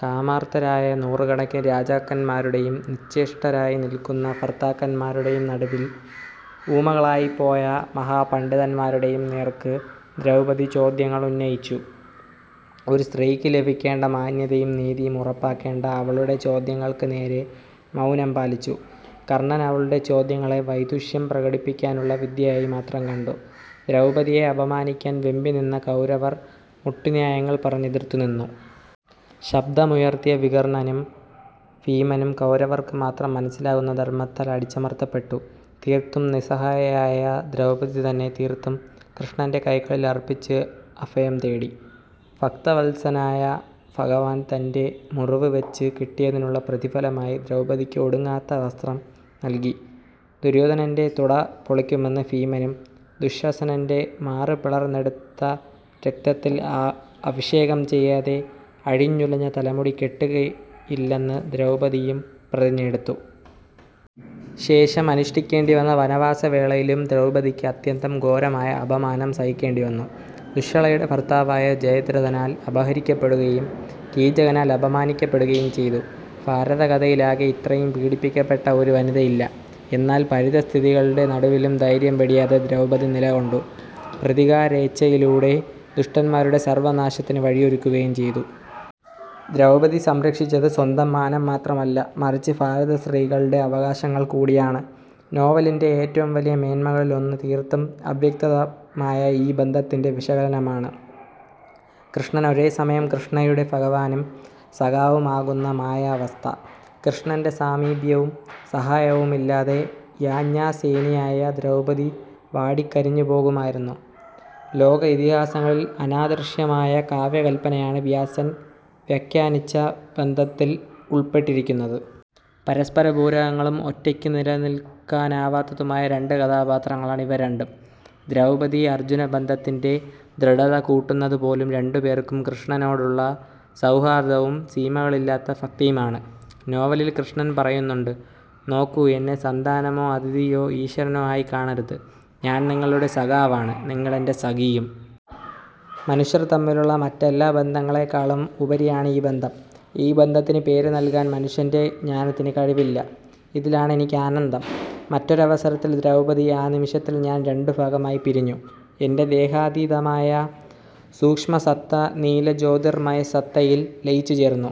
കാമാർത്തരായ നൂറുകണക്കിന് രാജാക്കന്മാരുടെയും, നിശ്ചെഷ്ടരായി നിൽകുന്ന ഭർത്താക്കന്മാരുടേയും നടുവിൽ ഊമകളായിപ്പോയ മഹാപണഡിതന്മാരുടെയും നേർക്ക് ദ്രൗപദി ചോദ്യങ്ങൾ ഉന്നയിച്ചു. ഒരു സ്ത്രീക്ക് ലഭിക്കേണ്ട മാന്യതയും നീതിയും ഉറപ്പാക്കേണ്ട അവളുടെ ചോദ്യങ്ങൾക്ക് നേരെ മൌനം പാലിച്ചു. കർണൻ അവളുടെ ചോദ്യങ്ങളെ വൈദുഷ്യം പ്രകടിപ്പിക്കാനുള്ള വിദ്യയായി മാത്രം കണ്ടു. ദ്രൗപദിയെ അപമാനിക്കാൻ വെമ്പിനിന്ന കൗരവർ മുട്ടുന്യായങ്ങൾ പറഞ്ഞു എതിർത്ത് നിന്നു. ശബ്ദമുയർത്തിയ വികർണനും ഭീമനും കൗരവർക്കു മാത്രം മനസ്സിലാകുന്ന ധർമ്മത്താൽ അടിച്ചമർത്തപ്പെട്ടു തീർത്തും നിസ്സഹായയായ ദ്രൗപദി തന്നെ തീർത്തും കൃഷ്ണൻറെ കൈകളിൽ അർപ്പിച്ചു അഭയം തേടി. ഭക്തവത്സലനായ ഭഗവാൻ തൻറെ മുറിവ് വെച്ചു കെട്ടിയതിനുള്ള പ്രതിഭലമായി ദ്രൗപദിക്ക് ഒടുങ്ങാത്ത വസ്ത്രം നൽകി. ദുര്യോധനൻറെ തുട പൊളിക്കുമെന്ന് ഭീമനും ദുശ്ശസനൻറെ മാറ് പിളർന്നെടുത്ത രക്തത്തിൽ അഭിഷേകം ചെയ്യാതെ അഴിഞ്ഞുലഞ്ഞ തലമുടി കേട്ടുകയില്ലെന്നു ദ്രൗപദിയും പ്രതിജ്ഞയെടുത്തു. ശേഷം അനുഷ്ടിക്കെണ്ടിവന്ന വനവാസ വേളയിലും ദ്രൗപദിക്ക് അത്യന്തം ഘോരമായ അപമാനം സഹിക്കേണ്ടിവന്നു. ദുശ്ശളയുടെ ഭർത്താവായ ജയദ്രഥനാൽ അപഹരിക്കപ്പെടുകയും കീചകനാൽ അപമാനിക്കപ്പെടുകയും ചെയ്തു. ഭാരതകഥയിലാകെ ഇത്രയും പീഡിപ്പിക്കപ്പെട്ട ഒരു വനിതയില്ല. എന്നാൽ പരിതഃസ്ഥിതികളുടെ നടുവിലും ധൈര്യം വെടിയാതെ ദ്രൗപദി നിലകൊണ്ടു. പ്രതികാരേച്ഛയിലൂടെ ദുഷ്ടന്മാരുടെ സർവനാശത്തിനു വഴിയൊരുക്കുകയും ചെയ്തു. ദ്രൗപദി സംരക്ഷിച്ചത് സ്വന്തം മാനം മാത്രമല്ല, മറിച്ചു ഭാരതസ്ത്രീകളുടെ അവകാശങ്ങൾ കൂടിയാണ്. നോവലിൻറെ ഏറ്റവും വലിയ മേന്മകളിലൊന്ന് തീർത്തും അവ്യക്തമായ ഈ ബന്ധത്തിൻറെ വിശകലനമാണ. കൃഷ്ണൻ ഒരേ സമയം കൃഷ്ണയുടെ ഭഗവാനും സഖാവും ആകുന്ന മായാവസ്ഥ. കൃഷ്ണന്റെ സാമീപ്യവും സഹായവും ഇല്ലാതെ യാജ്ഞാസേനിയായ ദ്രൌപദി വാടിക്കരിഞ്ഞുപോകുമായിരുന്നു. ലോക ഇതിഹാസങ്ങളിൽ അനാദൃശ്യമായ കാവ്യകല്പനയാണ് വ്യാസൻ വ്യഘ്യനിച്ച ബന്ധത്തിൽ ഉൾപ്പെട്ടിരിക്കുന്നത്. പരസ്പര പൂരകങ്ങളും ഒറ്റക്കു നിലനിൽക്കാനാവാത്തതുമായ രണ്ടു കഥാപാത്രങ്ങളാണ് ഇവ രണ്ടും. ദ്രൗപദി -അർജുന ബന്ധത്തിൻറെ ദൃഡത കൂട്ടുന്നതുപോലും രണ്ടുപേർക്കും കൃഷ്ണനോടുള്ള സൌഹാർദ്ധവും സീമകളില്ലാത്ത ഭക്തിയുമാണ്. നോവലിൽ കൃഷ്ണൻ പറയുന്നുണ്ട് "നോക്കൂ, എന്നെ സന്താനമോ, അതിഥിയോ ഈശ്വരനോ ആയി കാണരുത്. ഞാൻ നിങ്ങളുടെ സഖാവാണ്. നിങ്ങൾ എൻറെ സഖിയും. മനുഷ്യർ തമ്മിലുള്ള മറ്റെല്ലാ ബന്ധങ്ങലളെക്കാളും ഉപരിയാണ് ഈ ബന്ധം. ഈ ബന്ധത്തിന് പേര് നല്കാൻ മനുഷ്യൻറെ ജ്ഞാനത്തിനു കഴിവില്ല. ഇതിലാണ് എനിക്ക് ആനന്ദം". മറ്റൊരവസരത്തിൽ ദ്രൗപദി "ആ നിമിഷത്തിൽ ഞാൻ രണ്ടു ഭാഗമായി പിരിഞ്ഞു. എൻറെ ദേഹാതീതമായ സൂക്ഷ്മസത്ത നീലജ്യോതിർമയസത്തയിൽ ലയിച്ചുചേർന്നു.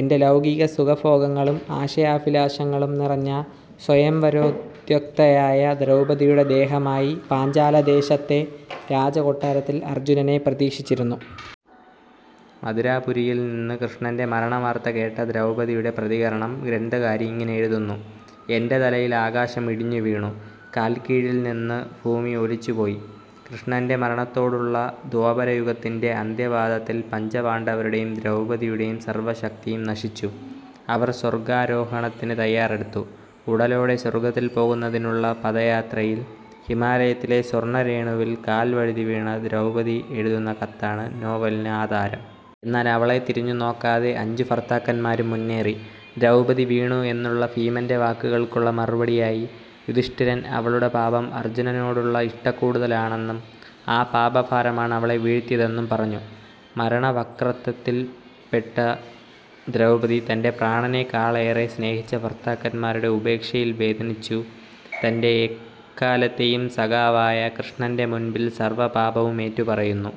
എൻറെ ലൌകിക സുഖഭോഗങ്ങളും ആശയാഭിലാഷങ്ങളും നിറഞ്ഞ സ്വയംവരോദ്യുക്തയായ ദ്രൌപദിയുടെ ദേഹമായി പാഞ്ചാല ദേശത്തെ രാജകൊട്ടാരത്തിൽ അർജുനനെ പ്രതീക്ഷിച്ചിരുന്നു". മഥുരാപുരിയിൽനിന്നു കൃഷ്ണൻറെ മരണവാർത്ത കേട്ട ദ്രൌപദിയുടെ പ്രതികരണം ഗ്രന്ഥകാരി ഇങ്ങനെ എഴുതുന്നു "എൻറെ തലയിൽ ആകാശം ഇടിഞ്ഞുവീണു. കാൽക്കീഴിൽനിന്നു ഭൂമി ഒലിച്ചുപോയി". കൃഷ്ണൻറെ മരണത്തോടുള്ള ദ്വാപരയുഗത്തിൻറെ അന്ത്യപാദത്തിൽ പഞ്ചപാണ്ഡവരുടെയും ദ്രൗപദി യുടെയും സർവശക്തിയും നശിച്ചു. അവർ സ്വർഗാരോഹണത്തിനു തയ്യാറെടുത്തു. ഉടലോടെ സ്വർഗത്തിൽ പോകുന്നതിനുള്ള പദയാത്രയിൽ ഹിമാലയത്തിലെ സ്വർണ്ണരേണുവിൽ കാൽ വഴുതിവീണ ദ്രൗപദി എഴുതുന്ന കത്താണ് നോവലിന് ആധാരം. എന്നാൽ അവളെ തിരിഞ്ഞുനോക്കാതെ അഞ്ചു ഭർത്താക്കന്മാരും മുന്നേറി. ദ്രൗപദി വീണു എന്നുള്ള ഭീമൻറെ വാക്കുകൾക്കുള്ള മറുപടിയായി യുധിഷ്ടിരൻ അവളുടെ പാപം അർജുനനോടുള്ള ഇഷ്ടക്കൂടുതലാണെന്നും ആ പാപഭാരമാണ് അവളെ വീഴ്ത്തിയതെന്നും പറഞ്ഞു. മരണവക്ത്രത്തിൽ പെട്ട ദ്രൗപദി തൻറെ പ്രാണനെക്കാളെറെ സ്നേഹിച്ച ഭർത്താക്കന്മാരുടെ ഉപേക്ഷയിൽ വേദനിച്ചു തൻറെ എക്കാലത്തെയും സഖാവായ കൃഷ്ണൻറെ മുൻപിൽ സർവ പാപവും ഏറ്റു പറയുന്നു.